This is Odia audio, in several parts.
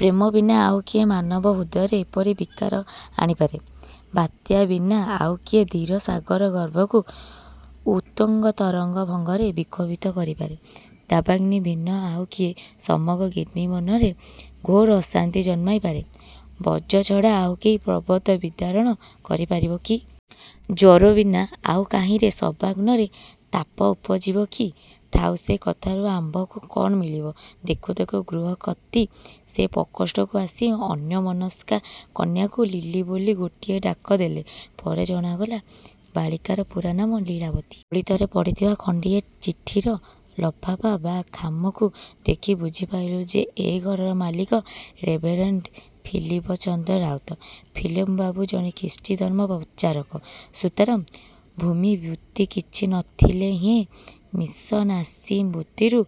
ପ୍ରେମ ବିନା ଆଉ କିଏ ମାନବହୃଦୟରେ ଏପରି ବିକାର ଆଣି ପାରେ? ବାତ୍ୟା ବିନା ଆଉ କିଏ ଧୀର ସାଗର ଗର୍ଭକୁ ଉତ୍ତୁଙ୍ଗତରଙ୍ଗଭଙ୍ଗରେ ବିକ୍ଷୋଭିତ କରି ପାରେ? ଦାବାଗ୍ନି ଭିନ୍ନ ଆଉ କିଏ ସମଗ୍ର ଗିରିବନରେ ଘୋର ଅଶାନ୍ତି ଜନ୍ମାଇ ପାରେ? ବଜ୍ର ଛଡ଼ା ଆଉ କେହି ପର୍ବତ ବିଦାରଣ କରି ପାରିବ କି? ଜ୍ୱର ବିନା ଆଉ କାହିଁରେ ସର୍ବାଙ୍ଗରେ ତାପ ଉପୁଜିବ କି? ଥାଉ, ସେ କଥାରୁ ଆମ୍ଭଙ୍କୁ କଣ ମିଳିବ? ଦେଖୁ ଦେଖୁ ଗୃହକର୍ତ୍ତ୍ରୀ ସେ ପ୍ରକୋଷ୍ଠକୁ ଆସି ଅନ୍ୟମନସ୍କା କନ୍ୟାକୁ 'ଲିଲି' ବୋଲି ଗୋଟିଏ ଡାକ ଦେଲେ। ପରେ ଜଣାଗଲା, ବାଳିକାର ପୂରା ନାମ 'ଲୀଳାବତୀ'। ଓଳିତଳେ ପଡ଼ିଥିବା ଖଣ୍ଡିଏ ଚିଠିର ଲଫାପା ବା ଖାମକୁ ଦେଖି ବୁଝି ପାରିଲୁଁ ଯେ, ଏ ଘରର ମାଲିକ ରେଭରେଣ୍ଡ ଫିଲିପଚନ୍ଦ୍ର ରାଉତ। ଫିଲପ ବାବୁ ଜଣେ ଖ୍ରୀଷ୍ଟଧର୍ମ ପ୍ରଚାରକ। ସୁତରାଂ ଭୂମିବୃତ୍ତି କିଛି ନ ଥିଲେହେଁ ମିଶନାରୀ ବୃତ୍ତିରୁ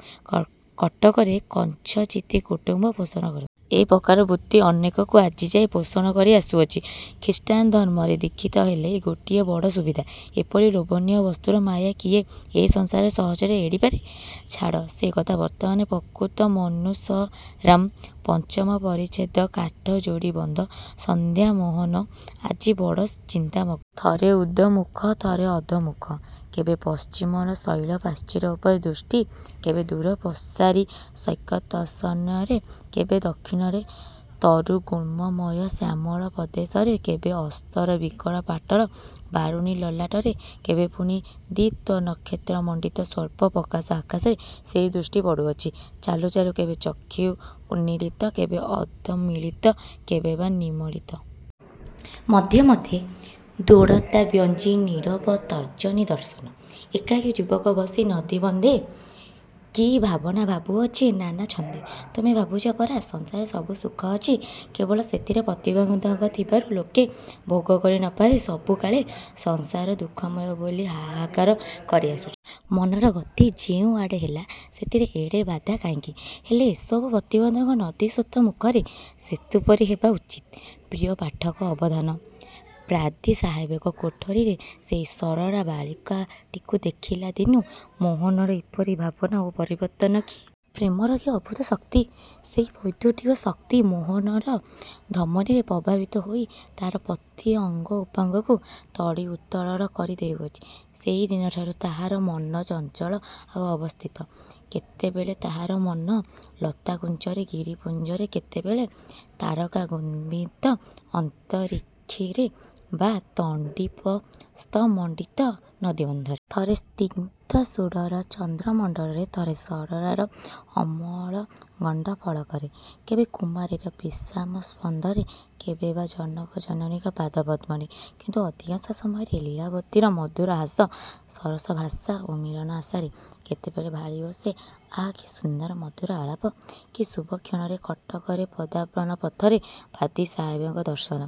କଟକରେ କଥଞ୍ଚିତ୍ କୁଟୁମ୍ୱ ପୋଷଣ କରନ୍ତି। ଏପ୍ରକାର ବୃତ୍ତି ଅନେକଙ୍କୁ ଆଜିଯାଏ ପୋଷଣ କରି ଆସୁଅଛି। ଖ୍ରୀଷ୍ଟାନଧର୍ମରେ ଦୀକ୍ଷିତ ହେଲେ ଏ ଗୋଟାଏ ବଡ଼ ସୁବିଧା! ଏପରି ଲୋଭନୀୟ ବସ୍ତୁର ମାୟା କିଏ ଏ ସଂସାରରେ ସହଜରେ ଏଡ଼ିପାରେ? ଛାଡ଼ ସେ କଥା ବର୍ତ୍ତମାନ 'ପ୍ରକୃତମନୁସରାମଃ'। ପଞ୍ଚମ ପରିଚ୍ଛେଦ କାଠଯୋଡ଼ୀବନ୍ଧ ସନ୍ଧ୍ୟା ମୋହନ ଆଜି ବଡ଼ ଚିନ୍ତାମଗ୍ନ। ଥରେ ଉର୍ଦ୍ଧ୍ୱମୁଖ, ଥରେ ଅଧୋମୁଖ। କେବେ ପଶ୍ଚିମର ଶୈଳପ୍ରାଚୀର ଉପରେ ଦୃଷ୍ଟି -କେବେ ଦୂରପ୍ରସାରି-ସୈକତଶୟନରେ କେବେ ଦକ୍ଷିଣର ତରୁଗୁଳ୍ମମୟ ଶ୍ୟାମଳ ପ୍ରଦେଶରେ କେବେ ଅସ୍ତରବିକରପାଟଳ ବାରୁଣୀଲଲାଟରେ କେବେ ପୁଣି ଦ୍ୱିତ୍ରନକ୍ଷତ୍ରମଣ୍ଡିତ ସ୍ୱଳ୍ପ ପ୍ରକାଶ ଆକାଶରେ ସେହି ଦୃଷ୍ଟି ପଡୁଅଛି। ଚାଲୁ ଚାଲୁ କେବେ ଚକ୍ଷୁ ଉନ୍ମୀଳିତ କେବେ ଅର୍ଦ୍ଧମୀଳିତ କେବେ ବା ନିମୀଳିତ। ମଧ୍ୟେ ମଧ୍ୟେ ଦୃଢ଼ତାବ୍ୟଞ୍ଜୀ ନୀରବ ତର୍ଜନୀ ଦର୍ଶନ! ଏକାକୀ ଯୁବକ ବସି ନଦୀ ବନ୍ଧେ କି ଭାବନା ଭାବୁଅଛି ନାନାଛନ୍ଦେ! ତୁମ୍ଭେ ଭାବୁଛ ପରା ସଂସାରରେ ସବୁ ସୁଖ ଅଛି। କେବଳ ସେଥିରେ ପ୍ରତିବନ୍ଧକ ଥିବାରୁ ଲୋକେ ଭୋଗ କରି ନ ପାରି ସବୁକାଳେ 'ସଂସାର ଦୁଃଖମୟ' ବୋଲି ହାହାକାର କରିଆସୁଅଛନ୍ତି। ମନର ଗତି ଯେଉଁଆଡ଼େ ହେଲା, ସେଥିରେ ଏଡ଼େ ବାଧା କାହିଁକି? ହେଲେ ଏସବୁ ପ୍ରତିବନ୍ଧକ ନଦୀସ୍ରୋତମୁଖରେ ସେତୁ ପରି ହେବା ଉଚିତ। ପ୍ରିୟ ପାଠକ ଅବଧାନ! ପାଦ୍ରି ସାହେବଙ୍କ କୋଠିରେ ସେହି ସରଳା ବାଳିକାଟିକୁ ଦେଖିଲା ଦିନୁ ମୋହନର ଏପରି ଭାବନା ଓ ପରିବର୍ତ୍ତନ କି? ପ୍ରେମର କି ଅଦ୍ଭୁତ ଶକ୍ତି! ସେହି ବୈଦ୍ୟୁତିକ ଶକ୍ତି ମୋହନର ଧମନୀରେ ପ୍ରବାହିତ ହୋଇ ତାହାର ପ୍ରତି ଅଙ୍ଗ ଉପାଙ୍ଗକୁ ତଡ଼ିତ୍ତରଳ କରିଦେଉଅଛି। ସେହିଦିନଠାରୁ ତାହାର ମନ ଚଞ୍ଚଳ ଆଉ ଅବ୍ୟବସ୍ଥିତ। କେତେବେଳେ ତାହାର ମନ ଲତାକୁଞ୍ଜରେ-ଗିରିପୁଞ୍ଜରେ, କେତେବେଳେ ତାରକାଗୁମ୍ପିତ ଅନ୍ତରୀକ୍ଷରେ ବା ତଣ୍ଡିପ୍ରସ୍ଥମଣ୍ଡିତ ନଦୀବକ୍ଷରେ। ଥରେ ସ୍ନିଗ୍ଧ ସୁଢଳ ଚନ୍ଦ୍ରମଣ୍ଡଳରେ ଥରେ ସରଳାର ଅମଳଗଣ୍ଡଫଳକରେ। କେବେ କୁମାରୀର ବିଶ୍ରାମସଦ୍ମରେ, କେବେ ବା ଜନକ-ଜନନୀଙ୍କ ପାଦପଦ୍ମରେ। କିନ୍ତୁ ଅଧିକାଂଶ ସମୟ ଲୀଳାବତୀର ମଧୁର ହାସ, ସରସଭାଷା ଓ ମିଳନ ଆଶାରେ। କେତେବେଳେ ଭାଳି ବସେ, ''ଆହା! କି ସୁନ୍ଦର ମଧୁର ଆଳାପ! କି ଶୁଭକ୍ଷଣରେ କଟକରେ ପଦାର୍ପଣ-ପଥରେ ପାଦ୍ରୀ ସାହେବଙ୍କ ଦର୍ଶନ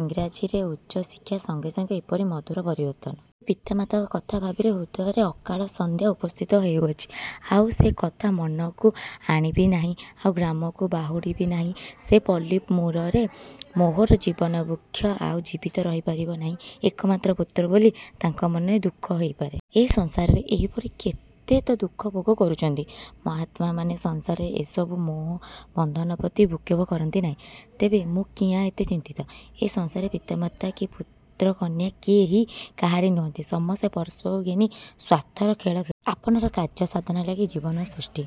ଇଂରାଜୀରେ ଉଚ୍ଚ ଶିକ୍ଷା ସଙ୍ଗେ ସଙ୍ଗେ ଏପରି ମଧୁର ପରିବର୍ତ୍ତନ। କିନ୍ତୁ ପିତା ମାତାଙ୍କ କଥା ଭାବିଲେ ହୃଦୟରେ ଅକାଳ ସନ୍ଧ୍ୟା ଉପସ୍ଥିତ ହେଉଅଛି! ଆଉ ସେ କଥା ମନକୁ ଆଣିବି ନାହିଁ ଆଉ ଗ୍ରାମକୁ ବାହୁଡ଼ିବି ନାହିଁ। ସେ ପଲ୍ଲୀମରୁରେ ମୋହର ଜୀବନବୃକ୍ଷ ଆଉ ଜୀବିତ ରହିପାରିବ ନାହିଁ। ଏକମାତ୍ର ପୁତ୍ର ବୋଲି ତାଙ୍କ ମନରେ ଦୁଃଖ ହୋଇପାରେ। ଏ ସଂସାରରେ ଏହିପରି କେତେ ତ ଦୁଃଖ ଭୋଗ କରୁଛନ୍ତି। ମହାତ୍ମାମାନେ ସଂସାରରେ ଏ ସବୁ ମୋହବନ୍ଧନ ପ୍ରତି ଭ୍ରୂକ୍ଷେପ କରନ୍ତି ନାହିଁ। ତେବେ ମୁଁ କିଆଁ ଏତେ ଚିନ୍ତିତ? ଏ ସଂସାରରେ ପିତାମାତା କି ପୁତ୍ରକନ୍ୟା କେହି କାହାରି ନୁହଁନ୍ତି। ସମସ୍ତେ ପରସ୍ପରକୁ ଘେନି ସ୍ୱାର୍ଥର ଖେଳ ଖେଳୁଅଛନ୍ତି। ଆପଣାର କାର୍ଯ୍ୟ ସାଧନଲାଗି ଜୀବର ସୃଷ୍ଟି।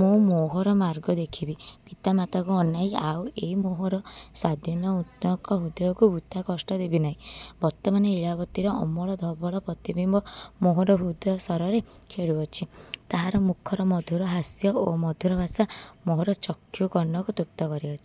ମୁଁ ମୋହର ମାର୍ଗ ଦେଖିବି! ପିତା ମାତାଙ୍କୁ ଅନାଇ ଆଉ ଏ ମୋହର ସ୍ୱାଧୀନ ଉନ୍ମୁକ୍ତ ହୃଦୟକୁ ବୃଥା କଷ୍ଟ ଦେବି ନାହିଁ। ବର୍ତ୍ତମାନ ଲୀଳାବତୀର ଅମଳ ଧବଳ ପ୍ରତିବିମ୍ୱ ମୋହର ହୃଦୟ-ସରରେ ଖେଳୁଅଛି। ତାହାର ମୁଖର ମଧୁର ହାସ୍ୟ ଓ ମଧୁର ଭାଷା ମୋହର ଚକ୍ଷୁ କର୍ଣ୍ଣକୁ ତୃପ୍ତ କରିଅଛି।